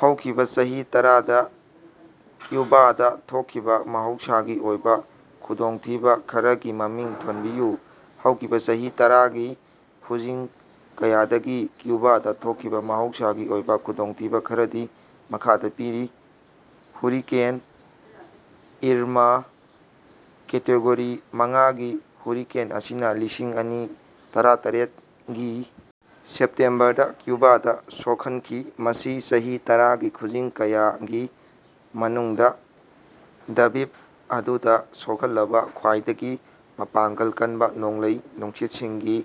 ꯍꯧꯈꯤꯕꯥ ꯆꯍꯤ ꯇꯔꯥꯗꯥ ꯀ꯭ꯌꯨꯕꯥꯗꯥ ꯊꯣꯛꯈꯤꯕꯥ ꯃꯍꯧꯁꯥꯒꯤ ꯑꯣꯏꯕ ꯈꯨꯗꯣꯡꯊꯤꯕꯥ ꯈꯔꯒꯤ ꯃꯃꯤꯡ ꯊꯣꯟꯕꯤꯌꯨ꯫ ꯍꯧꯈꯤꯕꯥ ꯆꯍꯤ ꯇꯔꯥꯒꯤ ꯈꯨꯖꯤꯡ ꯀꯌꯥꯗꯒꯤ ꯀ꯭ꯌꯨꯕꯥꯗꯥ ꯊꯣꯛꯈꯤꯕꯥ ꯃꯍꯧꯁꯥꯒꯤ ꯑꯣꯏꯕ ꯈꯨꯗꯣꯡꯊꯤꯕꯥ ꯈꯔꯗꯤ ꯃꯈꯥꯗꯥ ꯄꯤꯔꯤ꯫ ꯍꯨꯔꯤꯀꯦꯟ ꯏꯔꯃꯥ ꯀꯦꯇꯦꯒꯣꯔꯤ ꯃꯉꯥꯒꯤ ꯍꯨꯔꯤꯀꯦꯟ ꯑꯁꯤꯅꯥ ꯂꯤꯁꯤꯡ ꯑꯅꯤ ꯇꯔꯥꯇꯔꯦꯠꯒꯤ ꯁꯦꯞꯇꯦꯝꯕꯔꯗꯥ ꯀ꯭ꯌꯨꯕꯥꯗꯥ ꯁꯣꯛꯍꯟꯈꯤ, ꯃꯁꯤ ꯆꯍꯤ ꯇꯔꯥꯒꯤ ꯈꯨꯖꯤꯡ ꯀꯌꯥꯒꯤ ꯃꯅꯨꯡꯗꯥ ꯗ꯭ꯕꯤꯞ ꯑꯗꯨꯗꯥ ꯁꯣꯛꯍꯜꯂꯕꯥ ꯈ꯭ꯋꯥꯏꯗꯒꯤ ꯃꯄꯥꯡꯒꯜ ꯀꯟꯕꯥ ꯅꯣꯡꯂꯩ ꯅꯨꯡꯁꯤꯠꯁꯤꯡꯒꯤ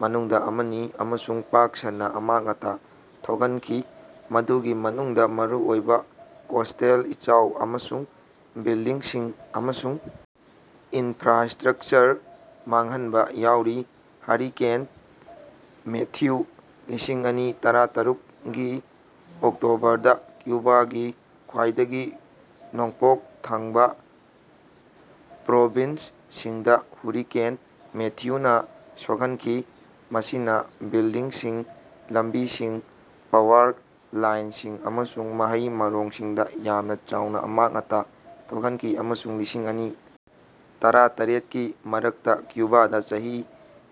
ꯃꯅꯨꯡꯗꯥ ꯑꯃꯅꯤ꯫ ꯑꯃꯁꯨꯡ ꯄꯥꯛ ꯁꯟꯅꯥ ꯑꯃꯥꯡ ꯑꯇꯥ ꯊꯣꯛꯍꯟꯈꯤ, ꯃꯗꯨꯒꯤ ꯃꯅꯨꯡꯗꯥ ꯃꯔꯨꯑꯣꯏꯕ ꯀꯣꯁ꯭ꯇꯦꯜ ꯏꯆꯥꯎ ꯑꯃꯁꯨꯡ ꯕꯤꯜꯗꯤꯡꯁꯤꯡ ꯑꯃꯁꯨꯡ ꯏꯅꯐ꯭ꯔꯥꯁ꯭ꯠꯔꯀꯆꯔ ꯃꯥꯡꯍꯟꯕꯥ ꯌꯥꯎꯔꯤ꯫ ꯍꯔꯤꯀꯦꯟ ꯃꯦꯊ꯭ꯌꯨ ꯂꯤꯁꯤꯡ ꯑꯅꯤ ꯇꯔꯥꯇꯔꯨꯛꯒꯤ ꯑꯣꯛꯇꯣꯕꯔꯗꯥ ꯀ꯭ꯌꯨꯕꯥꯒꯤ ꯈ꯭ꯋꯥꯏꯗꯒꯤ ꯅꯣꯡꯄꯣꯛ ꯊꯪꯕꯥ ꯄ꯭ꯔꯣꯕꯤꯟꯁꯁꯤꯡꯗꯥ ꯍꯨꯔꯤꯀꯦꯟ ꯃꯦꯊ꯭ꯌꯨꯅꯥ ꯁꯣꯛꯍꯟꯈꯤ, ꯃꯁꯤꯅꯥ ꯕꯤꯜꯗꯤꯡꯁꯤꯡ, ꯂꯝꯕꯤꯁꯤꯡ, ꯄꯥꯋꯔ ꯂꯥꯏꯅꯁꯤꯡ ꯑꯃꯁꯨꯡ ꯃꯍꯩ ꯃꯔꯣꯡꯁꯤꯡꯗꯥ ꯌꯥꯝꯅ ꯆꯥꯎꯅꯥ ꯑꯃꯥꯡ ꯑꯇꯥ ꯊꯣꯛꯍꯟꯈꯤ ꯑꯃꯁꯨꯡ ꯂꯤꯁꯤꯡ ꯑꯅꯤ ꯇꯔꯥꯇꯔꯦꯠꯀꯤ ꯃꯔꯛꯇꯥ ꯀ꯭ꯌꯨꯕꯥꯗꯥ ꯆꯍꯤ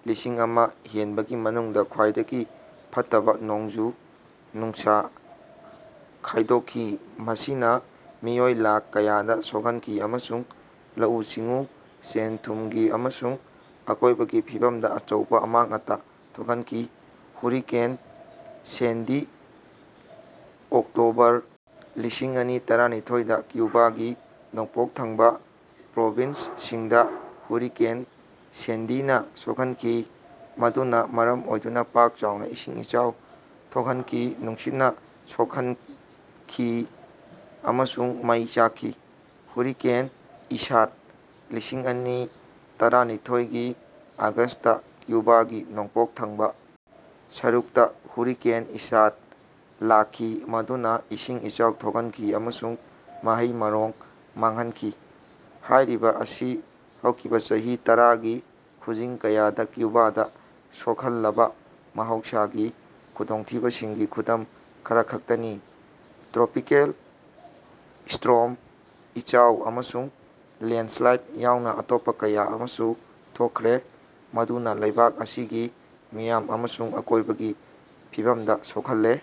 ꯂꯤꯁꯤꯡ ꯑꯃꯥ ꯍꯦꯟꯕꯒꯤ ꯃꯅꯨꯡꯗꯥ ꯈ꯭ꯋꯥꯏꯗꯒꯤ ꯐꯠꯇꯕꯥ ꯅꯣꯡꯖꯨ ꯅꯨꯡꯁꯥ ꯈꯥꯏꯗꯣꯛꯈꯤ꯫ ꯃꯁꯤꯅꯥ ꯃꯤꯑꯣꯏ ꯂꯥꯈ ꯀꯌꯥꯗꯥ ꯁꯣꯛꯍꯟꯈꯤ ꯑꯃꯁꯨꯡ ꯂꯧꯎ ꯁꯤꯡꯎ, ꯁꯦꯟ ꯊꯨꯝꯒꯤ ꯑꯃꯁꯨꯡ ꯑꯀꯣꯏꯕꯒꯤ ꯐꯤꯝꯗꯥ ꯑꯆꯧꯕꯥ ꯑꯃꯥꯡ ꯑꯇꯥ ꯊꯣꯛꯍꯟꯈꯤ꯫ ꯍꯨꯔꯤꯀꯦꯟ ꯁꯦꯟꯗꯤ ꯑꯣꯛꯇꯣꯕꯔ ꯂꯤꯁꯤꯡ ꯑꯅꯤ ꯇꯔꯥꯅꯤꯊꯣꯏ ꯗꯥ ꯀ꯭ꯌꯨꯕꯥꯒꯤ ꯅꯣꯡꯄꯣꯛ ꯊꯪꯕꯥ ꯄ꯭ꯔꯣꯚꯤꯟꯁꯁꯤꯡꯗꯥ ꯍꯨꯔꯤꯀꯦꯟ ꯁꯦꯟꯗꯤꯅꯥ ꯁꯣꯛꯍꯟꯈꯤ, ꯃꯗꯨꯅꯥ ꯃꯔꯝ ꯑꯣꯏꯗꯨꯅꯥ ꯄꯥꯛ ꯆꯥꯎꯅꯥ ꯏꯁꯤꯡ ꯏꯆꯥꯎ ꯊꯣꯛꯍꯟꯈꯤ, ꯅꯨꯡꯁꯤꯠꯅꯥ ꯁꯣꯛꯍꯟꯈꯤ ꯑꯃꯁꯨꯡ ꯃꯩ ꯆꯥꯛꯈꯤ꯫ ꯍꯨꯔꯤꯀꯦꯟ ꯏꯁꯥꯛ ꯂꯤꯁꯤꯡ ꯑꯅꯤ ꯇꯔꯥꯅꯤꯊꯣꯏꯒꯤ ꯑꯣꯒꯁ꯭ꯇꯇꯥ ꯀ꯭ꯌꯨꯕꯥꯒꯤ ꯅꯣꯡꯄꯣꯛ ꯊꯪꯕꯥ ꯁꯔꯨꯛꯇꯥ ꯍꯨꯔꯤꯀꯦꯟ ꯏꯁꯥꯛ ꯂꯥꯛꯈꯤ ꯃꯗꯨꯅꯥ ꯏꯁꯤꯡ ꯏꯆꯥꯎ ꯊꯣꯛꯍꯟꯈꯤ ꯑꯃꯁꯨꯡ ꯃꯍꯩ-ꯃꯔꯣꯡ ꯃꯥꯡꯍꯟꯈꯤ꯫ ꯍꯥꯏꯔꯤꯕꯥ ꯑꯁꯤ ꯍꯧꯈꯤꯕꯥ ꯆꯍꯤ ꯇꯔꯥꯒꯤ ꯈꯨꯖꯤꯡ ꯀꯌꯥꯗꯥ ꯀ꯭ꯌꯨꯕꯥꯗꯥ ꯁꯣꯛꯍꯜꯂꯕꯥ ꯃꯍꯧꯁꯥꯒꯤ ꯈꯨꯗꯣꯡꯊꯤꯕꯁꯤꯡꯒꯤ ꯈꯨꯗꯝ ꯈꯔꯈꯛꯇꯅꯤ꯫ ꯇ꯭ꯔꯣꯄꯤꯀꯦꯜ ꯁ꯭ꯇꯣꯔꯝ, ꯏꯆꯥꯎ, ꯑꯃꯁꯨꯡ ꯂꯦꯟꯗꯁ꯭ꯂꯥꯏꯗ ꯌꯥꯎꯅꯥ ꯑꯇꯣꯞꯄꯥ ꯀꯌꯥ ꯑꯃꯁꯨ ꯊꯣꯛꯈ꯭ꯔꯦ, ꯃꯗꯨꯅꯥ ꯂꯩꯕꯥꯛ ꯑꯁꯤꯒꯤ ꯃꯤꯌꯥꯝ ꯑꯃꯁꯨꯡ ꯑꯀꯣꯏꯕꯒꯤ ꯐꯤꯕꯝꯗꯥ ꯁꯣꯛꯍꯜꯂꯦ꯫